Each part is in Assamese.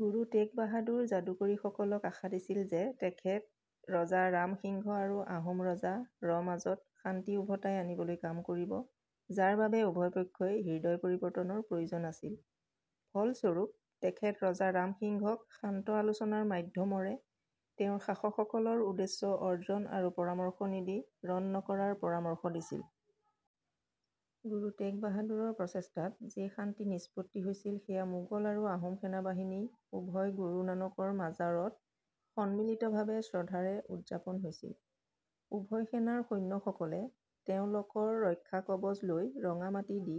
গুৰু টেগ বাহাদুৰ যাদুকাৰীসকলক আশা দিছিল যে তেখেত ৰজা ৰাম সিংহ আৰু আহোম ৰজা ৰ মাজত শান্তি ওভতাই আনিবলৈ কাম কৰিব, যাৰ বাবে উভয় পক্ষই হৃদয় পৰিবৰ্তনৰ প্ৰয়োজন আছিল। ফলস্বৰূপ, তেখেত ৰজা ৰাম সিংহক শান্ত আলোচনাৰ মাধ্যমৰে তেওঁৰ শাসকসকলৰ উদ্দেশ্য অৰ্জন আৰু পৰামৰ্শ নিদি ৰণ নকৰাৰ পৰামৰ্শ দিছিল। গুৰু টেগ বাহাদুৰৰ প্ৰচেষ্টাত যি শান্তি নিষ্পত্তি হৈছিল সেয়া মোগল আৰু আহোম সেনাবাহিনী উভয় গুৰু নানকৰ মাজাৰত সম্মিলিতভাবে শ্ৰদ্ধাৰে উৎযাপন হৈছিল। উভয় সেনাৰ সৈন্যসকলে তেওঁলকৰ ৰক্ষাকবজ লৈ ৰঙা মাটি দি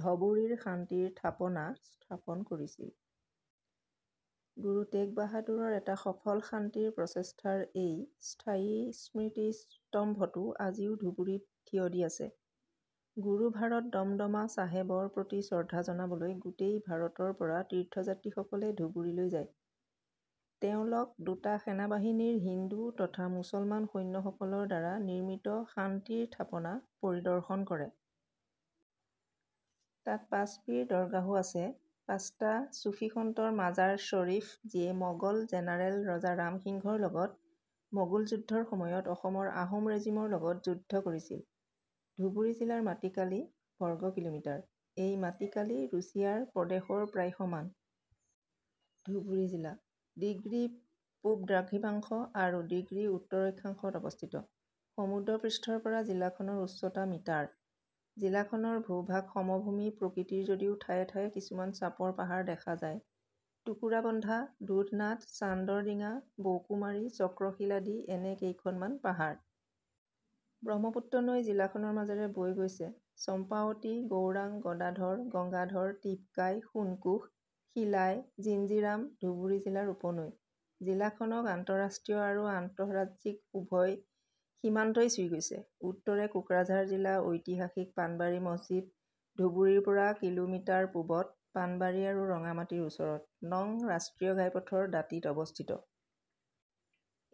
ধবুৰীৰ শান্তিৰ থাপনা স্থাপন কৰিছিল। গুৰু টেগ বাহাদুৰৰ এটা সফল শান্তিৰ প্ৰচেষ্টাৰ এই স্থায়ী স্মৃতিস্তম্ভটো আজিও ধুবুৰীত থিয় দি আছে। গুৰুভাৰত দমদমা চাহেবৰ প্ৰতি শ্ৰদ্ধা জনাবলৈ গোটেই ভাৰতৰ পৰা তীৰ্থযাত্ৰীসকলে ধুবুৰীলৈ যায়। তেওঁলক দুটা সেনাবাহিনীৰ হিন্দু তথা মুছলমান সৈন্যসকলৰ দ্বাৰা নিৰ্মিত শান্তিৰ থাপনা পৰিদৰ্শন কৰে। তাত পাঁচপীৰ দৰগাহও আছে, পাঁচটা চুফী সন্তৰ মাজাৰ শৰীফ যিয়ে মগল জেনাৰেল ৰজা ৰাম সিংহৰ লগত মগোল যুদ্ধৰ সময়ত অসমৰ আহোম ৰেজিমৰ লগত যুদ্ধ কৰিছিল। ধুবুৰী জিলাৰ মাটি কালি বৰ্গ কিঃমিঃ। এই মাটি কালি ৰুচিয়াৰ প্ৰদেশৰ প্ৰায় সমান। ধুবুৰী জিলা - ডিগ্ৰী পূব দ্ৰাঘিমাংশ আৰু - ডিগ্ৰী উত্তৰ অক্ষাংশত অৱস্থিত। সমুদ্ৰ পৃষ্ঠৰ পৰা জিলাখনৰ উচ্চতা মিটাৰ। জিলাখনৰ ভূভাগ সমভূমি প্ৰকৃতিৰ যদিও ঠায়ে ঠায়ে কিছুমান চাপৰ পাহাৰ দেখা যায়। টোকোৰাবন্ধা, দুধনাথ, চান্দৰ দিঙা, বৌকুমাৰী, চক্ৰশীল আদি এনে কেইখনমান পাহাৰ। ব্ৰহ্মপুত্ৰ নৈ জিলাখনৰ মাজেৰে বৈ গৈছে। চম্পাৱতী, গৌৰাং, গদাধৰ, গংগাধৰ, টিপকাই, সোণকোষ, শিলাই, জিঞ্জিৰাম ধুবুৰী জিলাৰ উপনৈ। জিলাখনক আন্তঃৰাষ্ট্ৰীয় আৰু আন্তঃৰাজ্যিক উভয় সীমান্তই চুই গৈছে। উত্তৰে কোকৰাঝাৰ জিলা ঐতিহাসিক পাণবাৰী মছজিদ ধুবুৰীৰ পৰা কিঃমিঃ পূবত পাণবাৰী আৰু ৰঙামাটিৰ ওচৰত, নং ৰাষ্ট্ৰীয় ঘাইপথৰ দাঁতিত অৱস্থিত।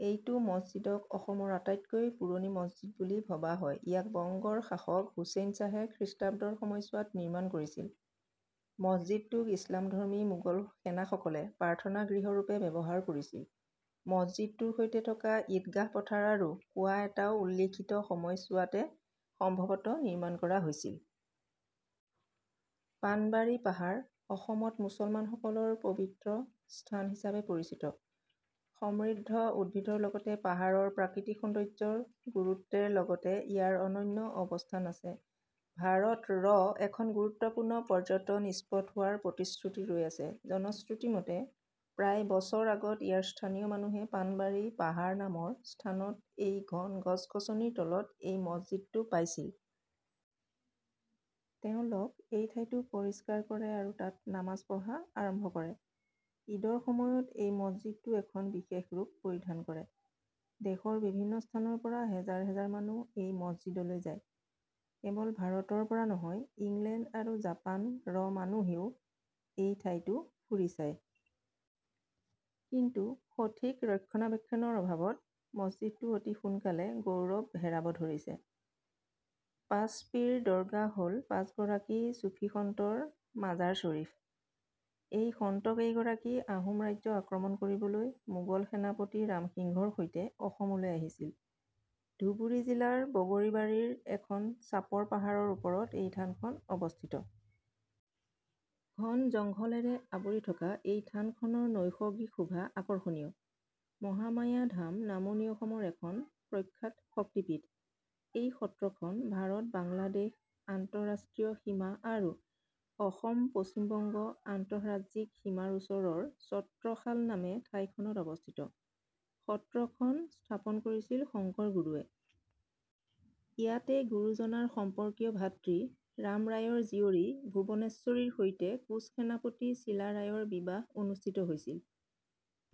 এইটো মছজিদক অসমৰ আটাইতকৈ পুৰণি মছজিদ বুলি ভবা হয়। ইয়াক বংগৰ শাসক হুচেইন শ্বাহে খৃষ্টাব্দৰ সময়চোৱাত নিৰ্মাণ কৰিছিল। মছজিদটোক ইচলামধৰ্মী মোগল সেনাসকলে প্ৰাৰ্থনা-গৃহৰূপে ব্যৱহাৰ কৰিছিল। মছজিদটোৰ সৈতে থকা ইদগাহ পথাৰ আৰু কুঁৱা এটাও উল্লিখিত সময়চোৱাতে সম্ভৱতঃ নিৰ্মাণ কৰা হৈছিল। পাণবাৰী "পাহাৰ", অসমত মুছলমান সকলৰ পবিত্ৰ স্থান হিচাপে পৰিচিত। সমৃদ্ধ উদ্ভিদৰ লগতে পাহাৰৰ প্ৰাকৃতিক সৌন্দৰ্যৰ গুৰুত্বেৰ লগতে ইয়াৰ অনন্য অৱস্থান আছে, ভাৰত ৰ এখন গুৰুত্বপূৰ্ণ পৰ্যটন স্পট হোৱাৰ প্ৰতিশ্ৰুতি ৰৈ আছে। জনশ্ৰুতি মতে, প্ৰায় বছৰ আগত ইয়াৰ স্থানীয় মানুহে পাণবাৰী "পাহাৰ" নামৰ স্থানত এই ঘন গছ-গছনিৰ তলত এই মছজিদটো পাইছিল। তেওঁলক এই ঠাইটো পৰিষ্কাৰ কৰে আৰু তাত নামাজ পঢ়া আৰম্ভ কৰে। ' ঈদ '-ৰ সময়ত এই মছজিদটো এখন বিশেষ ৰূপ পৰিধান কৰে। দেশৰ বিভিন্ন স্থানৰ পৰা হেজাৰ হেজাৰ মানুহ এই মছজিদলৈ যায়। কেৱল ভাৰতৰ পৰা নহয়, ইংলেণ্ড আৰু জাপান ৰ মানুহেও এই ঠাইটো ফুৰি চায়। কিন্তু সঠিক ৰক্ষণাবেক্ষণৰ অভাবত মছজিদটো অতি সোনকালে গৌৰৱ হেৰাব ধৰিছে। পাঁচ পীৰ দৰগাহ হ'ল পাঁচগৰাকী চুফী সন্তৰ মাজাৰ চৰিফ। এই সন্তকেইগৰাকী আহোম ৰাজ্য আক্ৰমণ কৰিবলৈ মোগল সেনাপতি ৰামসিংহৰ সৈতে অসমলৈ আহিছিল। ধুবুৰী জিলাৰ বগৰীবাৰীৰ এখন চাপৰ পাহাৰৰ ওপৰত এই থানখন অৱস্থিত। ঘন জংঘলেৰে আৱৰি থকা এই থানখনৰ নৈসৰ্গিক শোভা আকৰ্ষণীয়। মহামায়া ধাম নামনি অসমৰ এখন প্ৰখ্যাত শক্তিপীঠ। এই সত্ৰখন ভাৰত-বাংলাদেশ আন্তঃৰাষ্ট্ৰীয় সীমা আৰু অসম-পশ্চিম বংগ আন্তঃৰাজ্যিক সীমাৰ ওচৰৰ ছত্ৰশাল নামে ঠাইখনত অৱস্থিত। সত্ৰখন স্থাপন কৰিছিল শংকৰ গুৰুৱে। ইয়াতে গুৰুজনাৰ সম্পৰ্কীয় ভাতৃ ৰামৰায়ৰ জীয়ৰী ভুৱনেশ্বৰীৰ সৈতে কোঁচ সেনাপতি চিলাৰায়ৰ বিবাহ অনুষ্ঠিত হৈছিল।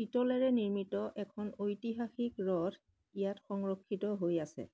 পিতলেৰে নিৰ্মিত এখন ঐতিহাসিক ৰথ ইয়াত সংৰক্ষিত হৈ আছে।